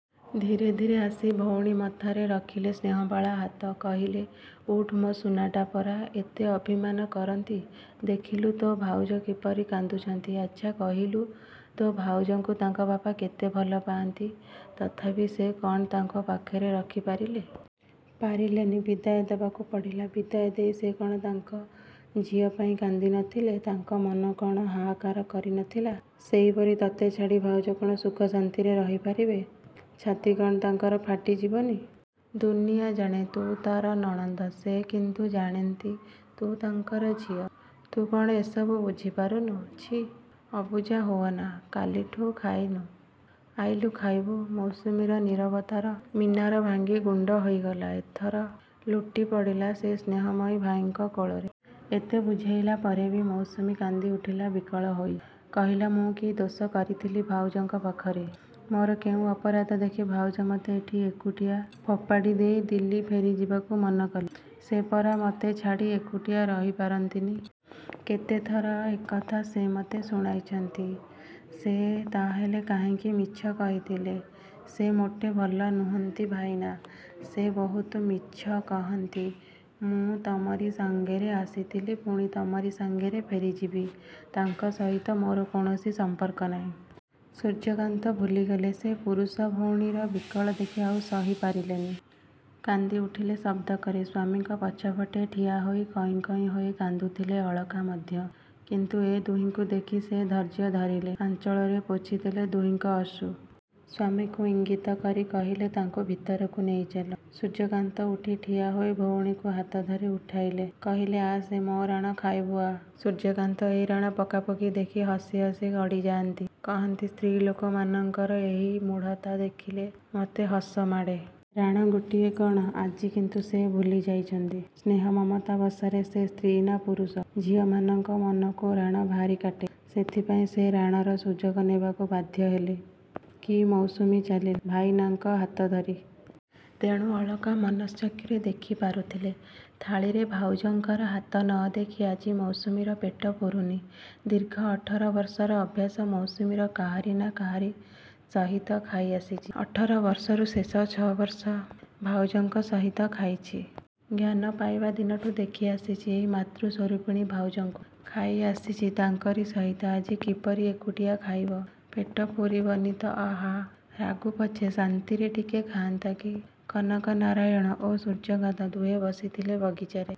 ଧୀରେ ଧୀରେ ଆସି ଭଉଣୀ ମଥାରେ ରଖିଲେ ସ୍ନେହବାଳା ହାତ। କହିଲେ ଉଠ୍ ମୋ ସୁନାଟା ପରା। ଏତେ ଅଭିମାନ କରନ୍ତି? ଦେଖିଲୁ ତୋ ଭାଉଜ କିପରି କାନ୍ଦୁଛନ୍ତି। ଆଚ୍ଛା କହିଲୁ ତୋ ଭାଉଜଙ୍କୁ ତାଙ୍କ ବାପା କେତେ ଭଲ ପାଆନ୍ତି। ତଥାପି ସେ କ'ଣ ତାଙ୍କୁ ପାଖରେ ରଖି ପାରିଲେ? ପାରିଲେନି। ବିଦାୟ ଦେବାକୁ ପଡ଼ିଲା। ବିଦାୟ ଦେଇ ସେ କ'ଣ ତାଙ୍କ ଝିଅ ପାଇଁ କାନ୍ଦି ନଥିଲେ? ତାଙ୍କ ମନ କ'ଣ ହାହାକାର କରି ନଥିଲା? ସେହିପରି ତତେ ଛାଡ଼ି ଭାଉଜ କ'ଣ ସୁଖ ଶାନ୍ତିରେ ରହି ପାରିବେ? ଛାତି କ'ଣ ତାଙ୍କର ଫାଟି ଯିବନି? ଦୁନିଆ ଜାଣେ ତୁ ତା'ର ନଣନ୍ଦ। ସେ କିନ୍ତୁ ଜାଣେନ୍ତି ତୁ ତାଙ୍କର ଝିଅ। ତୁ କ'ଣ ଏସବୁ ବୁଝି ପାରୁନୁ। ଛି, ଅବୁଝା ହୁଅନା। କାଲିଠୁ ଖାଇନୁ, ଆଇଲୁ ଖାଇବୁ। ମୌସୁମୀର ନିରବତାର ମିନାର ଭାଙ୍ଗି ଗୁଣ୍ଡ ହୋଇଗଲା ଏଥର। ଲୁଟି ପଡ଼ିଲା ସେ ସ୍ନେହମୟ ଭାଇଙ୍କ କୋଳରେ। ଏତେ ବୁଝାଇଲା ପରେ ବି ମୌସୁମୀ କାନ୍ଦି ଉଠିଲା ବିକଳ ହୋଇ। କହିଲା ମୁଁ କି ଦୋଷ କରିଥିଲି ଭାଉଜଙ୍କ ପାଖରେ। ମୋର କେଉଁ ଅପରାଧ ଦେଖି ଭାଉଜ ମୋତେ ଏଠି ଏକୁଟିଆ ଫୋପାଡ଼ି ଦେଇ ଦିଲ୍ଲୀ ଫେରିଯିବାକୁ ମନ କଲେ? ସେ ପରା ମୋତେ ଛାଡ଼ି ଏକୁଟିଆ ରହି ପାରନ୍ତିନି! କେତେଥର ଏକଥା ସେ ମୋତେ ଶୁଣାଇଛନ୍ତି। ସେ ତାହାହେଲେ କାହିଁକି ମିଛ କହିଥିଲେ? ସେ ମୋଟେ ଭଲ ନୁହଁନ୍ତି ଭାଇନା, ସେ ବହୁତୁ ମିଛ କହନ୍ତି। ମୁଁ ତମରି ସାଙ୍ଗେରେ ଆସିଥିଲି, ପୁଣି ତମରି ସାଙ୍ଗେରେ ଫେରିଯିବି। ତାଙ୍କ ସହିତ ମୋର କୌଣସି ସମ୍ପର୍କ ନାହିଁ। ସୂର୍ଯ୍ୟକାନ୍ତ ଭୁଲିଗଲେ ସେ ପୁରୁଷ। ଭଉଣୀର ବିକଳ ଦେଖି ସେ ଆଉ ସହି ପାରିଲେନି। କାନ୍ଦି ଉଠିଲେ ଶବ୍ଦ କରି। ସ୍ୱାମୀଙ୍କ ପଛପଟେ ଠିଆ ହୋଇ କଇଁ କଇଁ ହୋଇ କାନ୍ଦୁଥିଲେ ଅଳକା ମଧ୍ୟ। କିନ୍ତୁ ଏ ଦୁହିଁଙ୍କୁ ଦେଖି ସେ ଧୈର୍ଯ୍ୟ ଧରିଲେ। ଆଞ୍ଚଳରେ ପୋଛି ଦେଲେ ଦୁହିଁଙ୍କ ଅଶ୍ରୁ। ସ୍ୱାମୀଙ୍କୁ ଇଙ୍ଗିତ କରି କହିଲେ ତାଙ୍କୁ ଭିତରକୁ ନେଇ ଚାଲ। ସୂର୍ଯ୍ୟକାନ୍ତ ଉଠି ଠିଆ ହୋଇ ଭଉଣୀକୁ ହାତ ଧରି ଉଠାଇଲେ। କହିଲେ ଆସେ, ମୋ ରାଣ ଖାଇବୁ ଆ। ସୂର୍ଯ୍ୟକାନ୍ତ ଏ ରାଣ ପକାପକି ଦେଖିଲେ ହସି ହସି ଗଡ଼ି ଯାଆନ୍ତି। କହନ୍ତି ସ୍ତ୍ରୀଲୋକମାନଙ୍କର ଏଇ ମୂଢ଼ତା ଦେଖିଲେ ମୋତେ ହସ ମାଡ଼େ। ରାଣ ଗୋଟିଏ କ'ଣ? ଆଜି କିନ୍ତୁ ସେ ଭୁଲି ଯାଇଛନ୍ତି ସ୍ନେହ ମମତା ବସରେ ସେ ସ୍ତ୍ରୀ ନା ପୁରୁଷ। ଝିଅମାନଙ୍କ ମନକୁ ରାଣ ଭାରି କାଟେ। ସେଥିପାଇଁ ସେ ରାଣର ସୁଯୋଗ ନେବାକୁ ବାଧ୍ୟ ହେଲେ କି? ମୌସୁମୀ ଚାଲିଲା ଭାଇନାଙ୍କ ହାତ ଧରି। ତେଣୁ ଅଳକା ମନଶ୍ଚକ୍ଷୁରେ ଦେଖି ପାରୁଥିଲେ ଥାଳିରେ ଭାଉଜଙ୍କର ହାତ ନ ଦେଖି ଆଜି ମୌସୁମୀର ପେଟ ପୁରୁନି। ଦୀର୍ଘ ଅଠର ବର୍ଷର ଅଭ୍ୟାସ ମୌସୁମୀର, କାହାରି ନା କାହାରି ସହିତ ଖାଇ ଆସିଛି। ଅଠର ବର୍ଷରୁ ଶେଷ ଛଅ ବର୍ଷ ଭାଉଜଙ୍କ ସହିତ ଖାଇଛି। ଜ୍ଞାନ ପାଇବା ଦିନଠୁ ଦେଖି ଆସିଛି ଏଇ ମାତୃ ସ୍ୱରୂପିଣୀ ଭାଉଜଙ୍କୁ। ଖାଇ ଆସିଛି ତାଙ୍କରି ସହିତ। ଆଜି କିପରି ଏକୁଟିଆ ଖାଇବ! ପେଟ ପୁରିବନି ତ। ଆହା, ରାଗୁ ପଛେ ଶାନ୍ତିରେ ଟିକେ ଖାଆନ୍ତା କି! କନକନାରାୟଣ ଓ ସୂର୍ଯ୍ୟକାନ୍ତ ଦୁହେଁ ବସିଥିଲେ ବଗିଚାରେ।